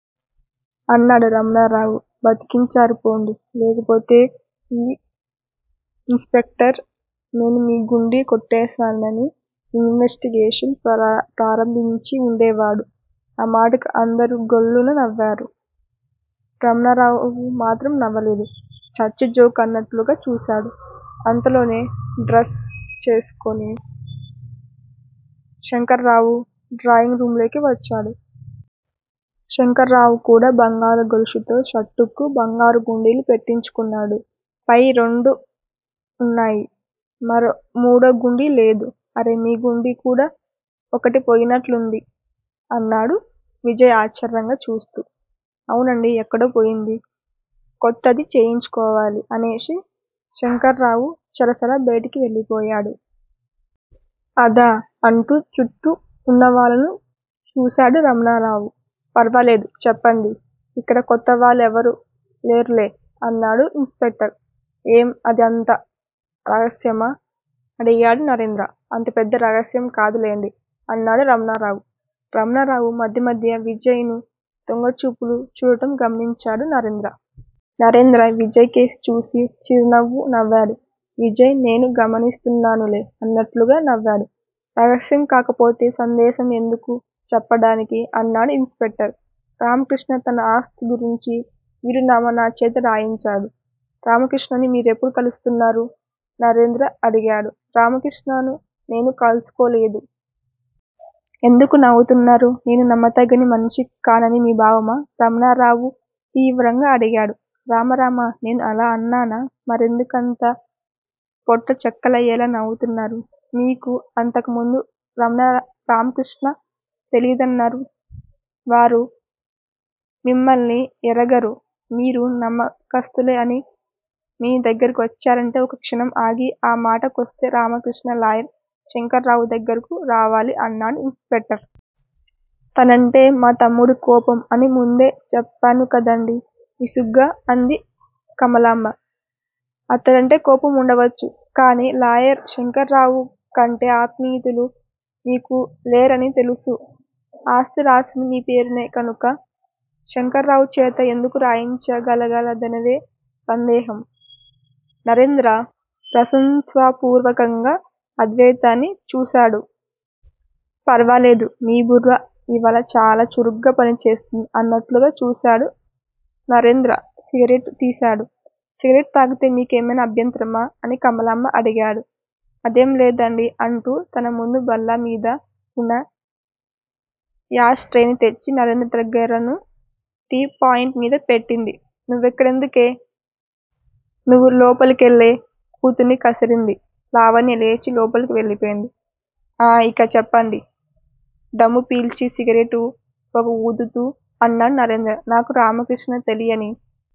అన్నాడు రమణరావు. బతికించారు పోండి. లేకపోతే ఈ ఇన్ స్పెక్టర్ నేను మీ గుండీ కొట్టేశానని ఇన్వెస్టిగేషన్ ప్రార ప్రారంభించి ఉండేవాడు. ఆ మాటకు అందరూ గొల్లున నవ్వారు. రమణరావు మాత్రం నవ్వలేదు. చచ్చుజోక్ అన్నట్టుగా చూశాడు. అంతలో డ్రెస్ చేసుకొని శంకర్రావు డ్రాయింగ్ రూంలోకి వచ్చాడు. శంకర్రావు కూడా బంగారు గొలుసుతో షర్టుకు బంగారుగుండీలు పెట్టించుకున్నాడు. పై రెండూ ఉన్నాయి, మరో మూడో గుండీ లేదు. అరే మీ గుండీ కూడా ఒకటి పోయినట్టుంది? అన్నాడు విజయ్ ఆశ్చర్యంగా చూస్తూ. అవునండీ. ఎక్కడో పోయింది. కొత్తది చేయించుకోవాలి అనేసి శంకర్ర్రావు చరచరా బయటికి వెళ్ళిపోయాడు. అదా? అంటూ చుట్టూ ఉన్నవాళ్లు చూశాడురమణరావు. ఫర్వాలేదు. చెప్పండి. ఇక్కడ కొత్తవాళ్ళెవరూలేరులే అన్నాడు ఇన్ స్పెక్టర్. ఏం? అది అంత రహస్యమా? అడిగాడు నరేంద్ర. అంత పెద్ద రహస్యం కాదులెండి అన్నాడు రమణరావు. రమణరావు మధ్య మధ్య విజయ్ ను దొంగచూపులు చూడటం గమనించాడు నరేంద్ర. నరేంద్ర విజయ్ కేసి చూసి చిరునవ్వు నవ్వాడు. విజయ్ నేనూ గమనిస్తున్నానులే అన్నట్టుగా నవ్వాడు, రహస్యం కాకపోతే సందేహం ఎందుకు చెప్పడానికి అన్నాడు ఇన్ స్పెక్టర్. రామకృష్ణ తన ఆస్తిని గురించిన వీలునామా నాచేత రాయించాడు. రామకృష్ణని మీరెప్పుడు కలుసుకున్నారు? నరేంద్ర అడిగాడు రామకృష్ణను నేను కలుసుకోలేదు. ఎందుకు నవ్వుతున్నరు? నేను నమ్మతగిన మనిషిని కానని మీ భావమా? రమణారావు తీవ్రంగా అడిగాడు. రామ! రామ! నేను అలా అన్నానా? మరెందు కంతగా పొట్ట చెక్కలయ్యేలా నవ్వుతున్నారు? మీకు అంతకు ముందు రమణ రామకృష్ణ తెలియదన్నారు. వారు మిమ్మల్ని ఎరగరు. మీరు నమ్మకస్తులే అని మీ దగ్గరకు వచ్చారంటే ఓ క్షణం ఆగి ఆ మాటకొస్తే రామకృష్ణ లాయర్ శంకరరావు దగ్గరకు రావాలి అన్నాడు ఇన్ స్పెక్టర్. అతనంటే మాతమ్ముడు కోపం అని ముందే చెప్పానుకదండీ? విసుగ్గా అన్నది కమలాంబ. అతడంటే కోపం ఉండవచ్చును. కాని లాయర్ శంకరరావ్ కంటే ఆత్మీయులు మీకు లేరనీ తెలుసు ఆస్తి రాసింది మీ పేరునే కనక శంకర్రావుచేత ఎందుకు గలగలతనే సందేహం. నరేంద్ర ప్రశంసాపూర్వకంగా అద్వాయితాన్ని చూశాడు. పర్వాలేదు. నీ బుర్ర ఇవ్వాళ చాలాచురుగ్గా పనిచేస్తుంది అన్నట్టుగాచూశాడు. నరేంద్ర సిగరెట్ తీశాడు. సిగరెట్ తాగితే మీకేమైనా అభ్యంతరమా? అని కమలాంబ అడిగాడు. అదేం లేదండీ అంటూ తన ముందు బల్లమీద ఉన్న యాష్ ట్రేని తెచ్చి నరేంద్ర దగ్గరను టీపాయ్ మీద పెట్టింది. నువ్వక్కడెందుకే. నువ్వులోపలికెళ్లే. కూతుర్ని కసురుకుంది. లావణ్య లేచి లోపలకు వెళ్ళిపోయింది. ఆ ఇక చెప్పండి దమ్ము పీల్చి సిగరెట్ పొగఊదుతూ అన్నాడు నరేంద్ర. నాకు రామకృష్ణ తెలియని